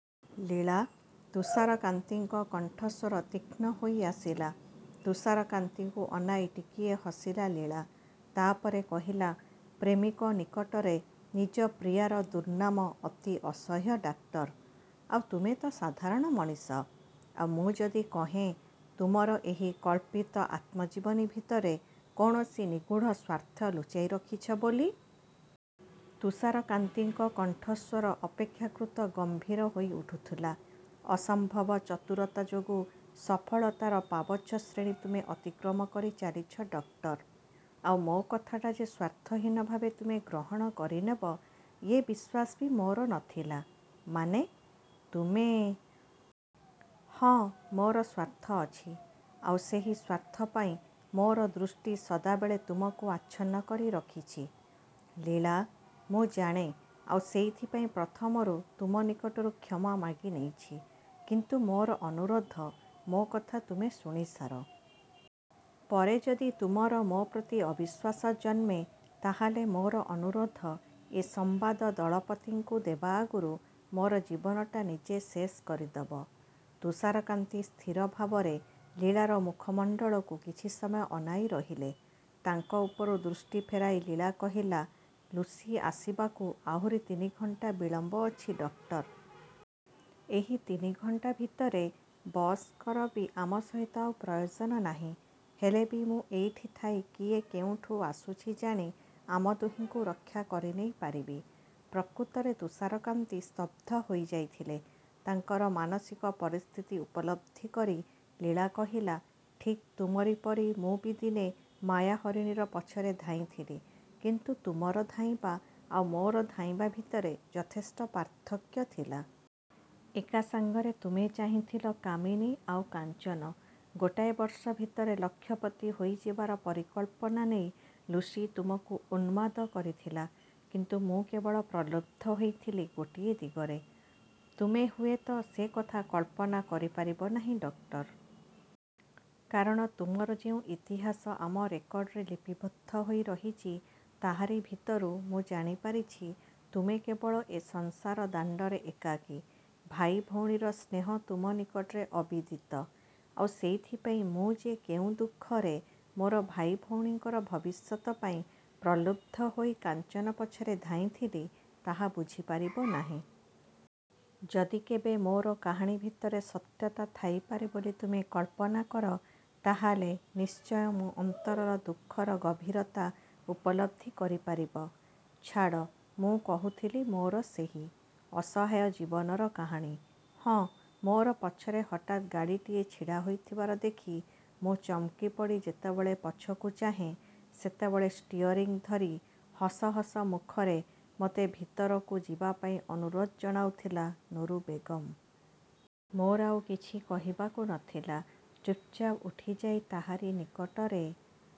ଲୀଳା! ତୁଷାରକାନ୍ତିଙ୍କ କଣ୍ଠସ୍ୱର ତୀକ୍ଷ୍ଣ ହୋଇ ଆସିଲା। ତୁଷାରକାନ୍ତିଙ୍କୁ ଅନାଇ ଟିକିଏ ହସିଲା ଲୀଳା। ତା ପରେ କହିଲା-ପ୍ରେମିକ ନିକଟରେ ନିଜ ପ୍ରିୟାର ଦୁର୍ନାମ ଅତି ଅସହ୍ୟ ଡକ୍ଟର-। ଆଉ ତୁମେ ତ ସାଧାରଣ ମଣିଷ। ଆଉ ମୁଁ ଯଦି କହେଁ; ତୁମର ଏହି କଳ୍ପିତ ଆତ୍ମଜୀବନୀ ଭିତରେ କୌଣସି ନିଗୂଢ଼ ସ୍ୱାର୍ଥ ଲୁଚାଇ ରଖିଛ ବୋଲି? ତୁଷାରକାନ୍ତିଙ୍କ କଣ୍ଠସ୍ୱର ଅପେକ୍ଷାକୃତ ଗମ୍ଭୀର ହୋଇ ଉଠୁଥିଲା। ଅସମ୍ଭବ ଚତୁରତା ଯୋଗୁଁ ସଫଳତାର ପାବଚ୍ଛଶ୍ରେଣୀ ତୁମେ ଅତିକ୍ରମ କରି ଚାଲିଛ; ଡକ୍ଟର। ଆଉ ମୋ କଥାଟା ଯେ ସ୍ୱାର୍ଥହୀନ ଭାବେ ତୁମେ ଗ୍ରହଣ କରିନେବ, ଏ ବିଶ୍ୱାସ ବି ମୋର ନ ଥିଲା। ମାନେ? ତୁମେ ହଁ, ମୋର ସ୍ୱାର୍ଥ ଅଛି। ଆଉ ସେହି ସ୍ୱାର୍ଥ ପାଇଁ ମୋର ଦୃଷ୍ଟି ସଦାବେଳେ ତୁମକୁ ଆଚ୍ଛନ୍ନ କରିରଖିଛି। ଲୀଳା ମୁଁ ଜାଣେ, ଆଉ ସେଇଥିପାଇଁ ପ୍ରଥମରୁ ତୁମ ନିକଟରୁ କ୍ଷମା ମାଗି ନେଇଛି; କିନ୍ତୁ ମୋର ଅନୁରୋଧ, ମୋ କଥା ତୁମେ ଶୁଣି ସାର। ପରେ ଯଦି ତୁମର ମୋ ପ୍ରତି ଅବିଶ୍ୱାସ ଜନ୍ମେ, ତା ହେଲେ ମୋର ଅନୁରୋଧ, ଏ ସମ୍ବାଦ ଦଳପତିଙ୍କୁ ଦେବା ଆଗରୁ ମୋର ଜୀବନଟା ନିଜେ ଶେଷ କରିଦେବ। ତୁଷାରକାନ୍ତି ସ୍ଥିର ଭାବରେ ଲୀଳାର ମୁଖମଣ୍ଡଳକୁ କିଛି ସମୟ ଅନାଇ ରହିଲେ। ତାଙ୍କ ଉପରୁ ଦୃଷ୍ଟି ଫେରାଇ ଲୀଳା କହିଲା-ଲୁସି ଆସିବାକୁ ଆହୁରି ତିନି ଘଣ୍ଟା ବିଳମ୍ବ ଅଛି ଡକ୍ଟର। ଏହି ତିନି ଘଣ୍ଟା ଭିତରେ ବସଙ୍କର ବି ଆମ ସହିତ ଆଉ ପ୍ରୟୋଜନ ନାହିଁ। ହେଲେ ବି ମୁଁ ଏଇଠି ଥାଇ କିଏ କେଉଁଠୁ ଆସୁଛି ଜାଣି, ଆମ ଦୁହିଙ୍କୁ ରକ୍ଷା କରିନେଇ ପାରିବି। ପ୍ରକୃତରେ ତୁଷାରକାନ୍ତି ସ୍ତବ୍ଧ ହୋଇ ଯାଇଥିଲେ। ତାଙ୍କର ମାନସିକ ପରିସ୍ଥିତି ଉପଲବ୍ଧି କରି ଲୀଳା କହିଲା-ଠିକ୍ ତୁମରି ପରି ମୁଁ ବି ଦିନେ ମାୟା ହରିଣୀର ପଛରେ ଧାଇଁଥିଲି; କିନ୍ତୁ ତୁମର ଧାଇଁବା ଆଉ ମୋର ଧାଇଁବା ଭିତରେ ଯଥେଷ୍ଟ ପାର୍ଥକ୍ୟ ଥିଲା। ଏକା ସାଙ୍ଗରେ ତୁମେ ଚାହିଁଥିଲ କାମିନୀ ଆଉ କାଞ୍ଚନ। ଗୋଟାଏ ବର୍ଷ ଭିତରେ ଲକ୍ଷପତି ହୋଇଯିବାର ପରିକଳ୍ପନା ନେଇ ଲୁସି ତୁମକୁ ଉନ୍ମାଦ କରିଥିଲା। କିନ୍ତୁ ମୁଁ କେବଳ ପ୍ରଲୁବ୍ଧ ହୋଇଥିଲି ଗୋଟିଏ ଦିଗରେ। ତୁମେ ହୁଏ ତ ସେ କଥା କଳ୍ପନା କରି ପାରିବ ନାହିଁ ଡକ୍ଟର। କାରଣ ତୁମର ଯେଉଁ ଇତିହାସ ଆମର ରେକର୍ଡରେ ଲିପିବଦ୍ଧ ହୋଇ ରହିଛି, ତାହାରି ଭିତରୁ ମୁଁ ଜାଣିପାରିଛି, ତୁମେ କେବଳ ଏ ସଂସାର ଦାଣ୍ଡରେ ଏକାକୀ। ଭାଇ ଭଉଣୀର ସ୍ନେହ ତୁମ ନିକଟରେ ଅବିଦିତ। ଆଉ ସେଇଥିପାଇଁ ମୁଁ ଯେ କେଉଁ ଦୁଃଖରେ ମୋର ଭାଇ ଭଉଣୀଙ୍କର ଭବିଷ୍ୟତ ପାଇଁ ପ୍ରଲୁବ୍ଧ ହୋଇ କାଞ୍ଚନ ପଛରେ ଧାଇଁଥିଲି, ତାହା ବୁଝିପାରିବ ନାହିଁ। ଯଦି କେବେ ମୋର କାହାଣୀ ଭିତରେ ସତ୍ୟତା ଥାଇପାରେ ବୋଲି ତୁମେ କଳ୍ପନା କର, ତା ହେଲେ ନିଶ୍ଚୟ ମୋ ଅନ୍ତରର ଦୁଃଖର ଗଭୀରତା ଉପଲବ୍ଧି କରିପାରିବ। ଛାଡ଼, ମୁଁ କହୁଥିଲି ମୋର ସେହି। ଅସହାୟ ଜୀବନର କାହାଣୀ। ହଁ, ମୋର ପଛରେ ହଠାତ୍ ଗାଡ଼ିଟିଏ ଛିଡ଼ା ହୋଇଥିବାର ଦେଖି ମୁଁ ଚକମିପଡ଼ି ଯେତେବେଳେ ପଛକୁ ଚାହେଁ, ସେତେବେଳେ ଷ୍ଚିଅରିଂ ଧରି ହସ ହସ ମୁଖରେ ମୋତେ ଭିତରକୁ ଯିବା ପାଇଁ ଅନୁରୋଧ ଜଣାଉଥିଲା ନୁରୁ ବେଗମ। ମୋର ଆଉ କିଛି କହିବାକୁ ନ ଥିଲା। ଚୁପଚାପ୍ ଉଠିଯାଇ ତାହାରି ନିକଟରେ